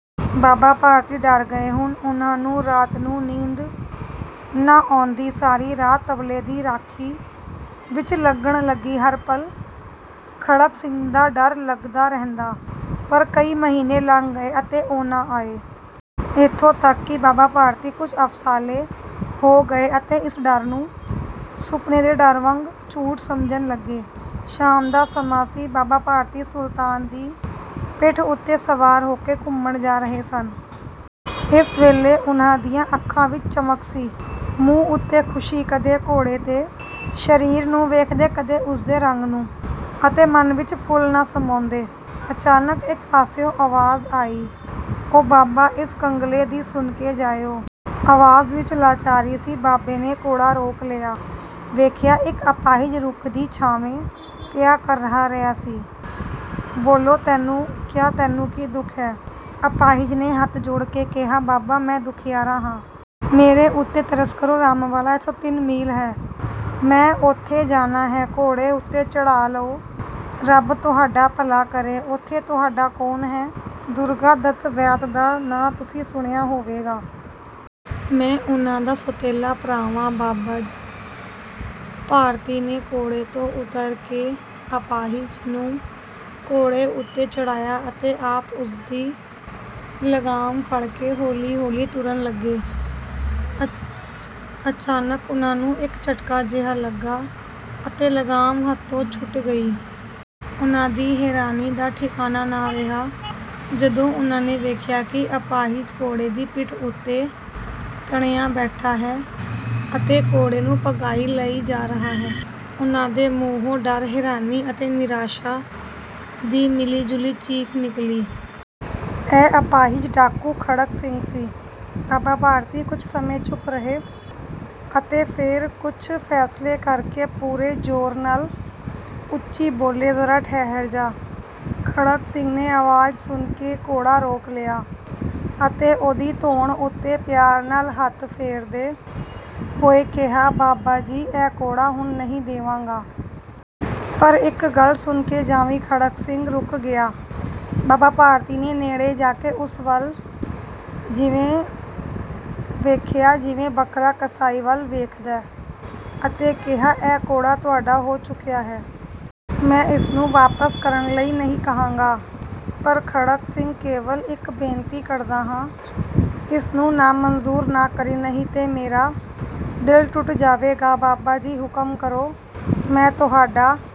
ਬਾਬਾ ਭਾਰਤੀ ਡਰ ਗਏ। ਹੁਣ ਉਨ੍ਹਾਂ ਨੂੰ ਰਾਤ ਨੂੰ ਨੀਂਦ ਨਾ ਆਉਂਦੀ।। ਸਾਰੀ ਰਾਤ ਤਬੇਲੇ ਦੀ ਰਾਖੀ ਵਿੱਚ ਲੰਘਣ ਲੱਗੀ। ਹਰ ਪਲ ਖੜਗ ਸਿੰਘ ਦਾ ਡਰ ਲਗਿਆ ਰਹਿੰਦਾ, ਪਰ ਕਈ ਮਹੀਨੇ ਲੰਘ ਗਏ ਅਤੇ ਉਹ ਨਾ ਆਇਆ। ਇੱਥੋਂ ਤੱਕ ਕਿ ਬਾਬਾ ਭਾਰਤੀ ਕੁੱਝ ਅਵਸਾਲੇ ਹੋ ਗਏ ਅਤੇ ਇਸ ਡਰ ਨੂੰ ਸੁਪਨੇ ਦੇ ਡਰ ਵਾਂਗ ਝੂਠ ਸਮਝਣ ਲੱਗੇ। ਸ਼ਾਮ ਦਾ ਸਮਾਂ ਸੀ। ਬਾਬਾ ਭਾਰਤੀ ਸੁਲਤਾਨ ਦੀ ਪਿੱਠ ਉੱਤੇ ਸਵਾਰ ਹੋਕੇ ਘੁੰਮਣ ਜਾ ਰਹੇ ਸਨ। ਇਸ ਵੇਲੇ ਉਨ੍ਹਾਂ ਦੀਆਂ ਅੱਖਾਂ ਵਿੱਚ ਚਮਕ ਸੀ, ਮੂੰਹ ਉੱਤੇ ਖ਼ੁਸ਼ੀ। ਕਦੇ ਘੋੜੇ ਦੇ ਸਰੀਰ ਨੂੰ ਵੇਖਦੇ, ਕਦੇ ਉਸਦੇ ਰੰਗ ਨੂੰ ਅਤੇ ਮਨ ਵਿੱਚ ਫੁੱਲੇ ਨਾ ਸਮਾਉੁਂਦੇ। ਅਚਾਨਕ ਇੱਕ ਪਾਸਿਓਂ ਅਵਾਜ਼ ਆਈ, 'ਓ ਬਾਬਾ, ਇਸ ਕੰਗਲੇ ਦੀ ਸੁਣਕੇ ਜਾਇਓ। ' ਅਵਾਜ਼ ਵਿੱਚ ਲਾਚਾਰੀ ਸੀ। ਬਾਬੇ ਨੇ ਘੋੜਾ ਰੋਕ ਲਿਆ। ਵੇਖਿਆ, ਇੱਕ ਅਪਾਹਿਜ ਰੁੱਖ ਦੀ ਛਾਵੇਂ ਪਿਆ ਕਰਾਹ ਰਿਹਾ ਹੈ। 'ਬੋਲੇ, ਕਿਉਂ ਤੈਨੂੰ ਕੀ ਦੁੱਖ ਹੈ? ' ਅਪਾਹਿਜ ਨੇ ਹੱਥ ਜੋੜਕੇ ਕਿਹਾ, ਬਾਬਾ, ਮੈਂ ਦੁਖਿਆਰਾ ਹਾਂ। ਮੇਰੇ ਉੱਤੇ ਤਰਸ ਕਰੋ। ਰਾਮਾਵਾਲਾ ਇੱਥੋਂ ਤਿੰਨ ਮੀਲ ਹੈ, ਮੈਂ ਉੱਥੇ ਜਾਣਾ ਹੈ। ਘੋੜੇ ਉੱਤੇ ਚੜ੍ਹਾ ਲਓ, ਰੱਬ ਤੁਹਾਡਾ ਭਲਾ ਕਰੇਗਾ। ' 'ਉੱਥੇ ਤੁਹਾਡਾ ਕੌਣ ਹੈ? ' 'ਦੁਰਗਾ ਦੱਤ ਵੈਦ ਦਾ ਨਾਂ ਤੁਸੀਂ ਸੁਣਿਆ ਹੋਵੇਗਾ। ਮੈਂ ਉਨ੍ਹਾਂ ਦਾ ਸੌਤੇਲਾ ਭਰਾ ਹਾਂ। ' ਬਾਬਾ ਭਾਰਤੀ ਨੇ ਘੋੜੇ ਤੋਂ ਉਤਰ ਕੇ ਅਪਾਹਿਜ ਨੂੰ ਘੋੜੇ ਉੱਤੇ ਚੜ੍ਹਾਇਆ ਅਤੇ ਆਪ ਉਸਦੀ ਲਗਾਮ ਫੜਕੇ ਹੌਲੀ-ਹੌਲੀ ਤੁਰਨ ਲੱਗੇ। ਅਚਾਨਕ ਉਨ੍ਹਾਂ ਨੂੰ ਇੱਕ ਝੱਟਕਾ-ਜਿਹਾ ਲਗਿਆ ਅਤੇ ਲਗਾਮ ਹੱਥੋਂ ਛੁੱਟ ਗਈ। ਉਨ੍ਹਾਂ ਦੀ ਹੈਰਾਨੀ ਦਾ ਠਿਕਾਣਾ ਨਾ ਰਿਹਾ, ਜਦੋਂ ਉਨ੍ਹਾਂ ਨੇ ਵੇਖਿਆ ਕਿ ਅਪਾਹਿਜ ਘੋੜੇ ਦੀ ਪਿੱਠ ਉੱਤੇ ਤਣਿਆ ਬੈਠਾ ਹੈ ਅਤੇ ਘੋੜੇ ਨੂੰ ਭਜਾਈਂ ਲਈ ਜਾ ਰਿਹਾ ਹੈ। ਉਨ੍ਹਾਂ ਦੇ ਮੂੰਹੋਂ ਡਰ, ਹੈਰਾਨੀ ਅਤੇ ਨਿਰਾਸ਼ਾ ਦੀ ਮਿਲੀਜੁਲੀ ਚੀਕ ਨਿਕਲੀ। ਉਹ ਅਪਾਹਿਜ ਡਾਕੂ ਖੜਗ ਸਿੰਘ ਸੀ। ਬਾਬਾ ਭਾਰਤੀ ਕੁੱਝ ਸਮਾਂ ਚੁਪ ਰਹੇ ਅਤੇ ਫੇਰ ਕੁੱਝ ਫੈਸਲਾ ਕਰਕੇ ਪੂਰੇ ਜੋਰ ਨਾਲ ਉੱਚੀ ਬੋਲੇ, 'ਜਰਾ ਠਹਿਰ ਜਾ। ਖੜਗ ਸਿੰਘ ਨੇ ਅਵਾਜ਼ ਸੁਣਕੇ ਘੋੜਾ ਰੋਕ ਲਿਆ ਅਤੇ ਉਹਦੀ ਧੌਣ ਉੱਤੇ ਪਿਆਰ ਨਾਲ ਹੱਥ ਫੇਰਦੇ ਹੋਏ ਕਿਹਾ, 'ਬਾਬਾ ਜੀ, ਇਹ ਘੋੜਾ ਹੁਣ ਨਹੀਂ ਦੇਵਾਂਗਾ। 'ਪਰ ਇੱਕ ਗੱਲ ਸੁਣਕੇ ਜਾਵੀਂ। ' ਖੜਗ ਸਿੰਘ ਰੁਕ ਗਿਆ। ਬਾਬਾ ਭਾਰਤੀ ਨੇ ਨੇੜੇ ਜਾਕੇ ਉਸ ਵੱਲ ਇਉਂ ਵੇਖਿਆ ਜਿਵੇਂ ਬਕਰਾ ਕਸਾਈ ਵੱਲ ਵੇਖਦਾ ਹੈ ਅਤੇ ਕਿਹਾ, ਇਹ ਘੋੜਾ ਤੁਹਾਡਾ ਹੋ ਚੁੱਕਿਆ ਹੈ। ਮੈਂ ਇਸਨੂੰ ਵਾਪਸ ਕਰਨ ਲਈ ਨਹੀਂ ਕਹਾਂਗਾ। ਪਰ ਖੜਗ ਸਿੰਘ, ਕੇਵਲ ਇੱਕ ਬੇਨਤੀ ਕਰਦਾ ਹਾਂ। ਇਸਨੂੰ ਨਾਮਨਜ਼ੂਰ ਨਾ ਕਰੀਂ, ਨਹੀਂ ਤਾਂ ਮੇਰਾ ਦਿਲ ਟੁੱਟ ਜਾਵੇਗਾ। ' 'ਬਾਬਾ ਜੀ, ਹੁਕਮ ਕਰੋ। ਮੈਂ ਤੁਹਾਡਾ